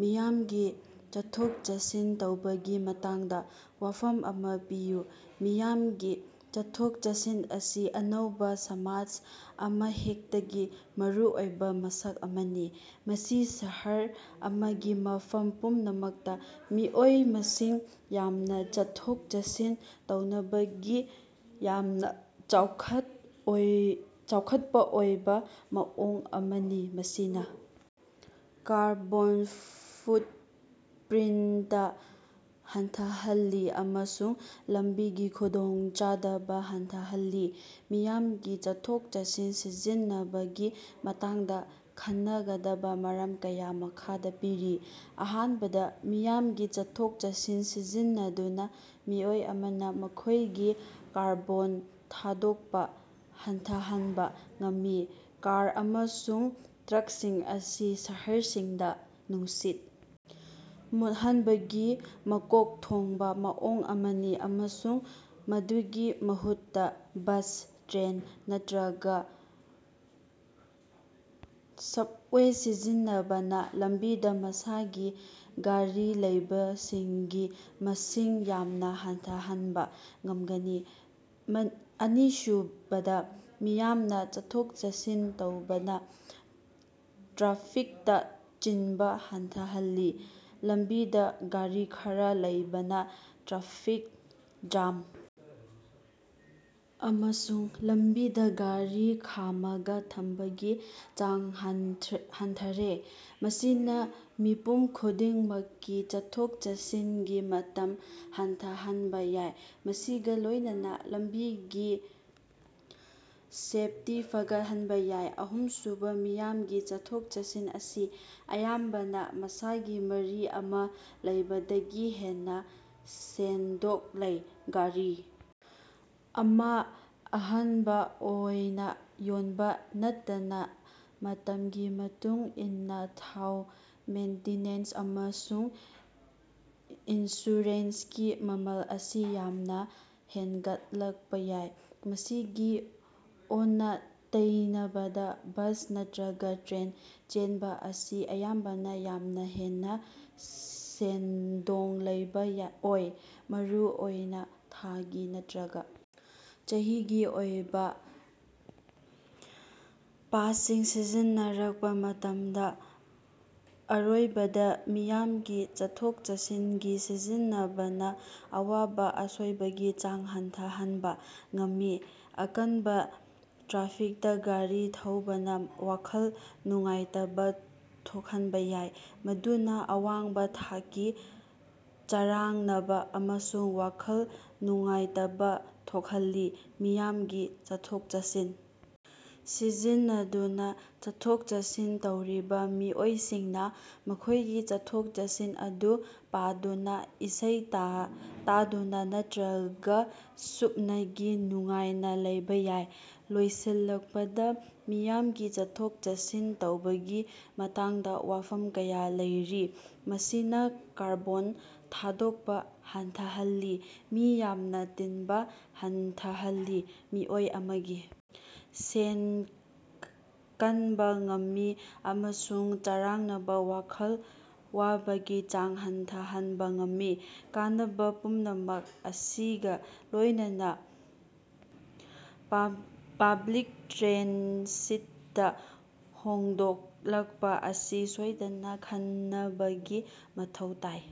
ꯃꯤꯌꯥꯝꯒꯤ ꯆꯠꯊꯣꯛ ꯆꯠꯁꯤꯟ ꯇꯧꯕꯒꯤ ꯃꯇꯥꯡꯗ ꯋꯥꯐꯝ ꯑꯃ ꯄꯤꯌꯨ꯫ ꯃꯤꯌꯥꯝꯒꯤ ꯆꯠꯊꯣꯛ-ꯆꯠꯁꯤꯟ ꯑꯁꯤ ꯑꯅꯧꯕ ꯁꯃꯥꯖ ꯑꯃꯍꯦꯛꯇꯒꯤ ꯃꯔꯨꯑꯣꯏꯕ ꯃꯁꯛ ꯑꯃꯅꯤ꯫ ꯃꯁꯤ ꯁꯍꯔ ꯑꯃꯒꯤ ꯃꯐꯝ ꯄꯨꯝꯅꯃꯛꯇ ꯃꯤꯑꯣꯏ ꯃꯁꯤꯡ ꯌꯥꯝꯅ ꯆꯠꯊꯣꯛ-ꯆꯠꯁꯤꯟ ꯇꯧꯅꯕꯒꯤ ꯌꯥꯝꯅ ꯆꯥꯎꯈꯠꯑꯣꯏ ꯆꯥꯎꯈꯠꯄ ꯑꯣꯏꯕ ꯃꯑꯣꯡ ꯑꯃꯅꯤ ꯃꯁꯤꯅ ꯀꯥꯔꯕꯣꯟ ꯐꯨꯠꯄ꯭ꯔꯤꯟꯇ ꯍꯟꯊꯍꯜꯂꯤ ꯑꯃꯁꯨꯡ ꯂꯝꯕꯤꯒꯤ ꯈꯨꯗꯣꯡꯆꯥꯗꯕ ꯍꯟꯊꯍꯜꯂꯤ꯫ ꯃꯤꯌꯥꯝꯒꯤ ꯆꯠꯊꯣꯛ-ꯆꯠꯁꯤꯟ ꯁꯤꯖꯤꯟꯅꯕꯒꯤ ꯃꯇꯥꯡꯗ ꯈꯟꯅꯒꯗꯕ ꯃꯔꯝ ꯀꯌꯥ ꯃꯈꯥꯗ ꯄꯤꯔꯤ꯫ ꯑꯍꯥꯟꯕꯗ ꯃꯤꯌꯥꯝꯒꯤ ꯆꯠꯊꯣꯛ-ꯆꯠꯁꯤꯟ ꯁꯤꯖꯤꯟꯅꯗꯨꯅ ꯃꯤꯑꯣꯏ ꯑꯃꯅ ꯃꯈꯣꯢꯒꯤ ꯀꯥꯔꯕꯣꯟ ꯊꯥꯗꯣꯛꯄ ꯍꯟꯊꯍꯟꯕ ꯉꯝꯃꯤ꯫ ꯀꯥꯔ ꯑꯃꯁꯨꯡ ꯇ꯭ꯔꯛꯁꯤꯡ ꯑꯁꯤ ꯁꯍꯔꯁꯤꯡꯗ ꯅꯨꯡꯁꯤꯠ ꯃꯣꯠꯍꯟꯕꯒꯤ ꯃꯀꯣꯛ ꯊꯣꯡꯕ ꯃꯑꯣꯡ ꯑꯃꯅꯤ ꯑꯃꯁꯨꯡ ꯃꯗꯨꯒꯤ ꯃꯍꯨꯠꯇꯥ ꯕꯁ, ꯇ꯭ꯔꯦꯟ ꯅꯠꯇ꯭ꯔꯒ ꯁꯕꯋꯦ ꯁꯤꯖꯤꯟꯅꯕꯅ ꯂꯝꯕꯤꯗ ꯃꯁꯥꯒꯤ ꯒꯥꯔꯤꯂꯩꯕꯁꯤꯡꯒꯤ ꯃꯁꯤꯡ ꯌꯥꯝꯅ ꯍꯟꯊꯍꯟꯕ ꯉꯝꯒꯅꯤ꯫ ꯑꯅꯤꯁꯨꯕꯗ ꯃꯤꯌꯥꯝꯒꯤ ꯆꯠꯊꯣꯛ-ꯆꯠꯁꯤꯟ ꯇꯧꯕꯅꯥ ꯇ꯭ꯔꯥꯐꯤꯛꯇ ꯆꯤꯟꯕ ꯍꯟꯊꯍꯜꯂꯤ꯫ ꯂꯝꯕꯤꯗꯥ ꯒꯥꯔꯤ ꯈꯔ ꯂꯩꯕꯅ ꯇ꯭ꯔꯥꯐꯤꯛ ꯖ꯭ꯌꯥꯝ ꯑꯃꯁꯨꯡ ꯂꯝꯕꯤꯗ ꯒꯔꯤ ꯈꯥꯝꯃꯒ ꯊꯝꯕꯒꯤ ꯆꯥꯡ ꯍꯟꯊꯔꯦ꯫ ꯃꯁꯤꯅꯥ ꯃꯤꯄꯨꯝ ꯈꯨꯗꯤꯡꯃꯛꯀꯤ ꯆꯠꯊꯣꯛ-ꯆꯠꯁꯤꯟꯒꯤ ꯃꯇꯝ ꯍꯟꯊꯍꯟꯕꯥ ꯌꯥꯏ ꯃꯁꯤꯒꯥ ꯂꯣꯢꯅꯅꯥ ꯂꯝꯕꯤꯒꯤ ꯁꯦꯐꯇꯤ ꯐꯒꯠꯍꯟꯕ ꯌꯥꯏ꯫ ꯑꯍꯨꯝꯁꯨꯕ ꯃꯤꯌꯥꯝꯒꯤ ꯆꯠꯊꯣꯛ-ꯆꯠꯁꯤꯟ ꯑꯁꯤ ꯑꯌꯥꯝꯕꯅ ꯃꯁꯥꯒꯤ ꯒꯔꯤ ꯑꯃ ꯂꯩꯕꯗꯒꯤ ꯍꯦꯟꯅ ꯁꯦꯟꯗꯣꯡ ꯂꯩ꯫ ꯒꯥꯔꯤ ꯑꯃ ꯑꯍꯟꯕ ꯑꯣꯏꯅꯥ ꯌꯣꯟꯕ ꯅꯠꯇꯅ ꯃꯇꯝꯒꯤ ꯃꯇꯨꯡ ꯏꯟꯅꯥ ꯊꯥꯎ ꯃꯦꯟꯇꯦꯅꯦꯟꯁ ꯑꯃꯁꯨꯡ ꯏꯟꯁꯨꯔꯦꯟꯁꯀꯤ ꯃꯃꯜ ꯑꯁꯤ ꯌꯥꯝꯅꯥ ꯍꯦꯟꯒꯠꯂꯛꯄ ꯌꯥꯏ꯫ ꯃꯁꯤꯒꯤ ꯑꯣꯟꯅ-ꯇꯩꯅꯕꯗ ꯕꯁ ꯅꯠꯇ꯭ꯔꯒ ꯇ꯭ꯔꯦꯟ ꯆꯦꯟꯕ ꯑꯁꯤ ꯑꯌꯥꯝꯕꯅ ꯌꯥꯝꯅ ꯍꯦꯟꯅ ꯁꯦꯟꯗꯣꯡ ꯂꯩꯕꯥ ꯌꯥꯏ ꯑꯣꯏ ꯃꯔꯨꯑꯣꯏꯅ ꯊꯥꯒꯤ ꯅꯠꯇ꯭ꯔꯒ ꯆꯍꯤꯒꯤ ꯑꯣꯏꯕꯥ ꯄꯥꯁꯁꯤꯡ ꯁꯤꯖꯤꯟꯅꯔꯛꯄ ꯃꯇꯝꯗ꯫ ꯑꯔꯣꯏꯕꯗ ꯃꯤꯌꯥꯝꯒꯤ ꯆꯠꯊꯣꯛ ꯆꯠꯁꯤꯟꯒꯤ ꯁꯤꯖꯤꯟꯅꯕꯅ ꯑꯋꯥꯕ ꯑꯁꯣꯏꯕꯒꯤ ꯆꯥꯡ ꯍꯟꯊꯍꯟꯕ ꯉꯝꯃꯤ꯫ ꯑꯀꯟꯕ ꯇ꯭ꯔꯥꯐꯤꯛꯇꯥ ꯒꯥꯔꯤ ꯊꯧꯕꯅ ꯋꯥꯈꯜ ꯅꯨꯡꯉꯥꯏꯇꯕ ꯊꯣꯛꯍꯟꯕ ꯌꯥꯏ ꯃꯗꯨꯅ ꯑꯋꯥꯡꯕ ꯊꯥꯛꯀꯤ ꯆꯔꯥꯡꯅꯕ ꯑꯃꯁꯨꯡ ꯋꯥꯈꯜ ꯅꯨꯡꯉꯥꯏꯇꯕ ꯊꯣꯛꯍꯜꯂꯤ꯫ ꯃꯤꯌꯥꯝꯒꯤ ꯆꯠꯊꯣꯛ-ꯆꯠꯁꯤꯟ ꯁꯤꯖꯤꯟꯅꯗꯨꯅ ꯆꯠꯊꯣꯛ-ꯆꯠꯁꯤꯟ ꯇꯧꯔꯤꯕ ꯃꯤꯑꯣꯏꯁꯤꯡꯅ ꯃꯈꯣꯢꯒꯤ ꯆꯠꯊꯣꯛ-ꯆꯠꯁꯤꯟ ꯑꯗꯨ ꯄꯥꯗꯨꯅ ꯏꯁꯩ ꯇꯥ ꯇꯥꯗꯨꯅ ꯅꯠꯇ꯭ꯔꯒ ꯁꯨꯞꯅꯒꯤ ꯅꯨꯡꯉꯥꯏꯅꯥ ꯂꯩꯕꯥ ꯌꯥꯏ꯫ ꯂꯣꯏꯁꯤꯜꯂꯛꯄꯗꯥ ꯃꯤꯌꯥꯝꯒꯤ ꯆꯠꯊꯣꯛ-ꯆꯠꯁꯤꯟ ꯇꯧꯕꯒꯤ ꯃꯇꯥꯡꯗꯥ ꯋꯥꯐꯝ ꯀꯌꯥ ꯂꯩꯔꯤ꯫ ꯃꯁꯤꯅꯥ ꯀꯥꯔꯕꯣꯟ ꯊꯥꯗꯣꯛꯄꯥ ꯍꯟꯊꯍꯜꯂꯤ ꯃꯤ ꯌꯥꯝꯅ ꯇꯤꯟꯕꯥ ꯍꯟꯊꯍꯜꯂꯤ ꯃꯤꯑꯣꯏ ꯑꯃꯒꯤ ꯁꯦꯟ ꯀꯟꯕꯥ ꯉꯝꯃꯤ ꯑꯃꯁꯨꯡ ꯆꯔꯥꯡꯅꯕ ꯋꯥꯈꯜ ꯋꯥꯕꯒꯤ ꯆꯥꯡ ꯍꯟꯊꯍꯟꯕꯥ ꯉꯝꯃꯤ꯫ ꯀꯥꯟꯅꯕ ꯄꯨꯝꯅꯃꯛ ꯑꯁꯤꯒꯥ ꯂꯣꯢꯅꯅꯥ ꯄꯕ꯭ꯂꯤꯛ ꯇ꯭ꯔꯥꯟꯁꯤꯠꯇꯥ ꯍꯣꯡꯗꯣꯛꯂꯛꯄꯥ ꯑꯁꯤ ꯁꯣꯏꯗꯅ ꯈꯟꯅꯕꯒꯤ ꯃꯊꯧ ꯇꯥꯏ꯫